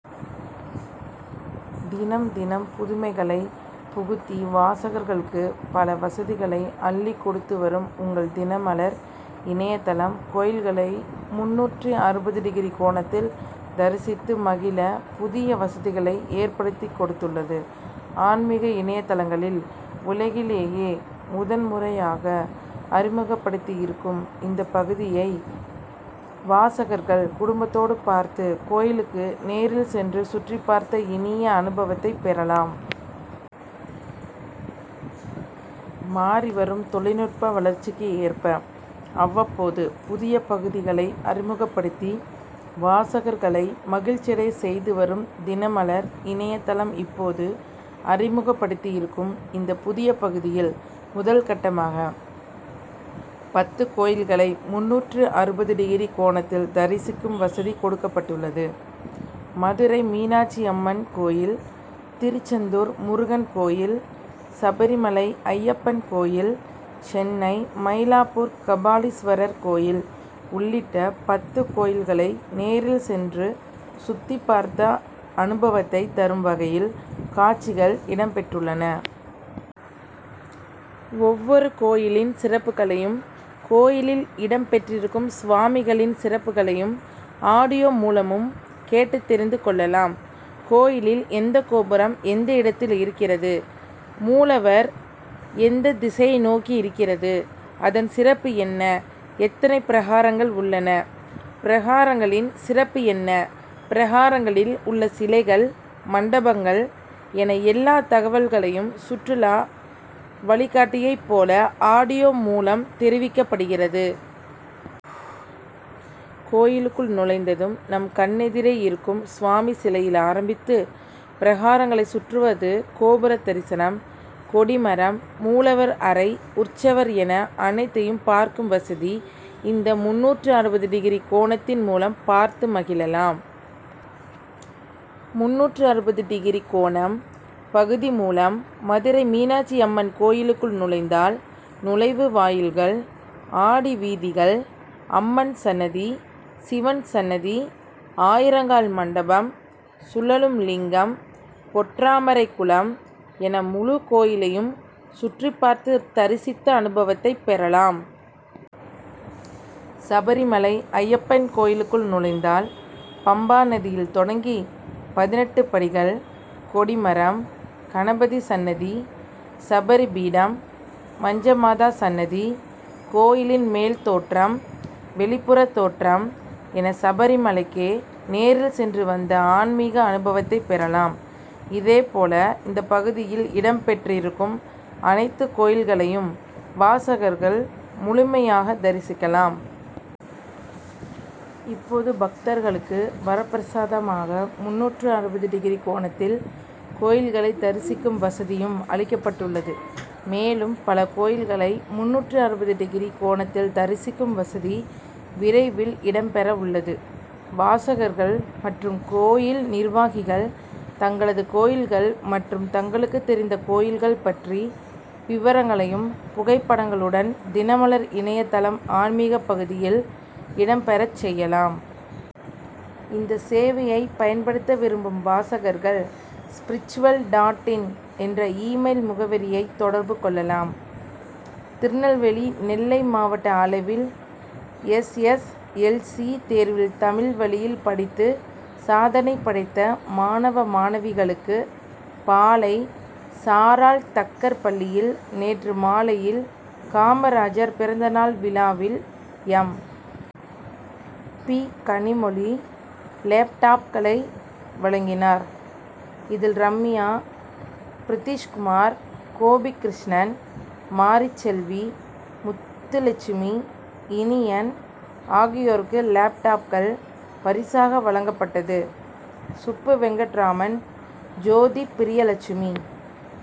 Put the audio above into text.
தினம் தினம் புதுமைகளை புகுத்தி வாசகர்களுக்கு பல வசதிகளை அள்ளிக் கொடுத்து வரும் உங்கள் தினமலர் இணைய தளம் கோயில்களை முன்னூற்று அறுபது டிகிரி கோணத்தில் தரிசித்து மகிழ புதிய வசதியை ஏற்படுத்திக் கொடுத்துள்ளது. ஆன்மிக இணைய தளங்களில் உலகிலேயே முதன் முறையாக அறிமுகப்படுத்தியிருக்கும் இந்த பகுதியை வாசகர்கள் குடும்பத்தோடு பார்த்து கோயில்களுக்கு நேரில் சென்று சுற்றிப்பார்த்த இனிய அனுபவத்தை பெறலாம். மாறிவரும் தொழில்நுட்ப வளர்ச்சிக்கு ஏற்ப அவ்வப்போது புதிய பகுதிகளை அறிமுகப்படுத்தி வாசகர்களை மகிழ்ச்சியடையச் செய்து வரும் தினமலர் இணைய தளம் இப்போது அறிமுகப்படுத்தியிருக்கும் இந்த புதிய பகுதியில் முதல் கட்டமாக பத்து கோயில்களை முன்னூற்று அறுபது டிகிரி கோணத்தில் தரிசிக்கும் வசதி கொடுக்கப்பட்டுள்ளது. மதுரை மீனாட்சி அம்மன் கோயில் திருச்செந்தூர் முருகன் கோயில் சபரிமலை ஐயப்பன் கோயில் சென்னை மயிலாப்பூர் கபாலீஸ்வரர் கோயில் உள்ளிட்ட பத்து கோயில்களை நேரில் சென்று சுற்றிப்பார்த்த அனுபவத்தை தரும் வகையில் காட்சிகள் இடம்பெற்றுள்ளன. ஒவ்வொரு கோயிலின் சிறப்புகளையும் கோயிலில் இடம்பெற்றிருக்கும் சுவாமிகளின் சிறப்புகளையும் ஆடியோ மூலமும் கேட்டுத் தெரிந்து கொள்ளலாம். கோயிலில் எந்த கோபுரம் எந்த இடத்தில் இருக்கிறது மூலவர் எந்த திசையை நோக்கி இருக்கிறது அதன் சிறப்பு என்ன எத்தனை பிரகாரங்கள் உள்ளன பிரகாரங்களின் சிறப்பு என்ன பிரகாரங்களில் உள்ள சிலைகள் மண்டபங்கள் என எல்லா தகவல்களையும் சுற்றுலா வழிகாட்டியைப் போல ஆடியோ மூலம் தெரிவிக்கப்படுகிறது. கோயிலுக்குள் நுழைந்ததும் நம் கண் எதிரே இருக்கும் சுவாமி சிலையில் ஆரம்பித்து பிரகாரங்களை சுற்றுவது கோபுர தரிசனம் கொடிமரம் மூலவர் அறை உற்சவர் என அனைத்தையும் பார்க்கும் வசதி இந்த முன்னூற்று அறுபது டிகிரி கோணத்தின் மூலம் பார்த்து மகிழலாம். முன்னூற்று அறுபது டிகிரி கோணம் பகுதி மூலம் மதுரை மீனாட்சி அம்மன் கோயிலுக்குள் நுழைந்தால் நுழைவு வாயில்கள் ஆடி வீதிகள் அம்மன் சன்னதி சிவன் சன்னதி ஆயிரங்கால் மண்டபம் சுழலும் லிங்கம் பொற்றாமரை குளம் என முழு கோயிலையும் சுற்றிப்பார்த்து தரிசித்த அனுபவத்தைப் பெறலாம். சபரிமலை ஐயப்பன் கோயிலுக்குள் நுழைந்தால் பம்பா நதியில் தொடங்கி பதினெட்டு படிகள் கொடிமரம் கணபதி சன்னதி சபரி பீடம் மஞ்சமாதா சன்னதி கோயிலின் மேல் தோற்றம் வெளிப்புற தோற்றம் என சபரிமலைக்கே நேரில் சென்று வந்த ஆன்மிக அனுபவத்தை பெறலாம். இதேபோல இந்த பகுதியில் இடம்பெற்றிருக்கும் அனைத்து கோயில்களையும் வாசகர்கள் முழுமையாக தரிசிக்கலாம். இப்போது பக்தர்களுக்கு வரப்பிரசாதமாக முன்னூற்று அறுபது டிகிரி கோணத்தில் கோயில்களை தரிசிக்கும் வசதியும் அளிக்கப்பட்டுள்ளது. மேலும் பல கோயில்களை முன்னூற்று அறுபது டிகிரி கோணத்தில் தரிசிக்கும் வசதி விரைவில் இடம்பெறவுள்ளது. வாசகர்கள் மற்றும் கோயில் நிர்வாகிகள் தங்களது கோயில்கள் மற்றும் தங்களுக்கு தெரிந்த கோயில்கள் பற்றிய விவரங்களையும் புகைப்படங்களுடன் தினமலர்இணைய தளம் ஆன்மிக பகுதியில் இடம்பெறச் செய்யலாம். இந்த சேவையை பயன்படுத்த விரும்பும் வாசகர்கள் ஸ்பிரிச்சுவல் டாட் இன் என்ற இ மெயில் முகவரியை தொடர்பு கொள்ளலாம். திருநெல்வேலி நெல்லை மாவட்ட அளவில் எஸ். எஸ். எல். சி தேர்வில் தமிழ் வழியில் படித்து சாதனை படைத்த மாணவ மாணவிகளுக்கு பாளை சாராள் தக்கர் பள்ளியில் நேற்று மாலையில் காமராஜர் பிறந்த நாள் விழாவில் எம். பி கனிமொழி லேப்டாப்களை வழங்கினார். இதில் ரம்யா பிரதீஷ்குமார் கோபி கிருஷ்ணன் மாரி செல்வி முத்துலட்சுமி இனியன் ஆகியோருக்கு லேப்டாப்கள் பரிசாக வழங்கப்பட்டது. சுப்பு வெங்கட்ராமன் ஜோதி பிரியலட்சுமி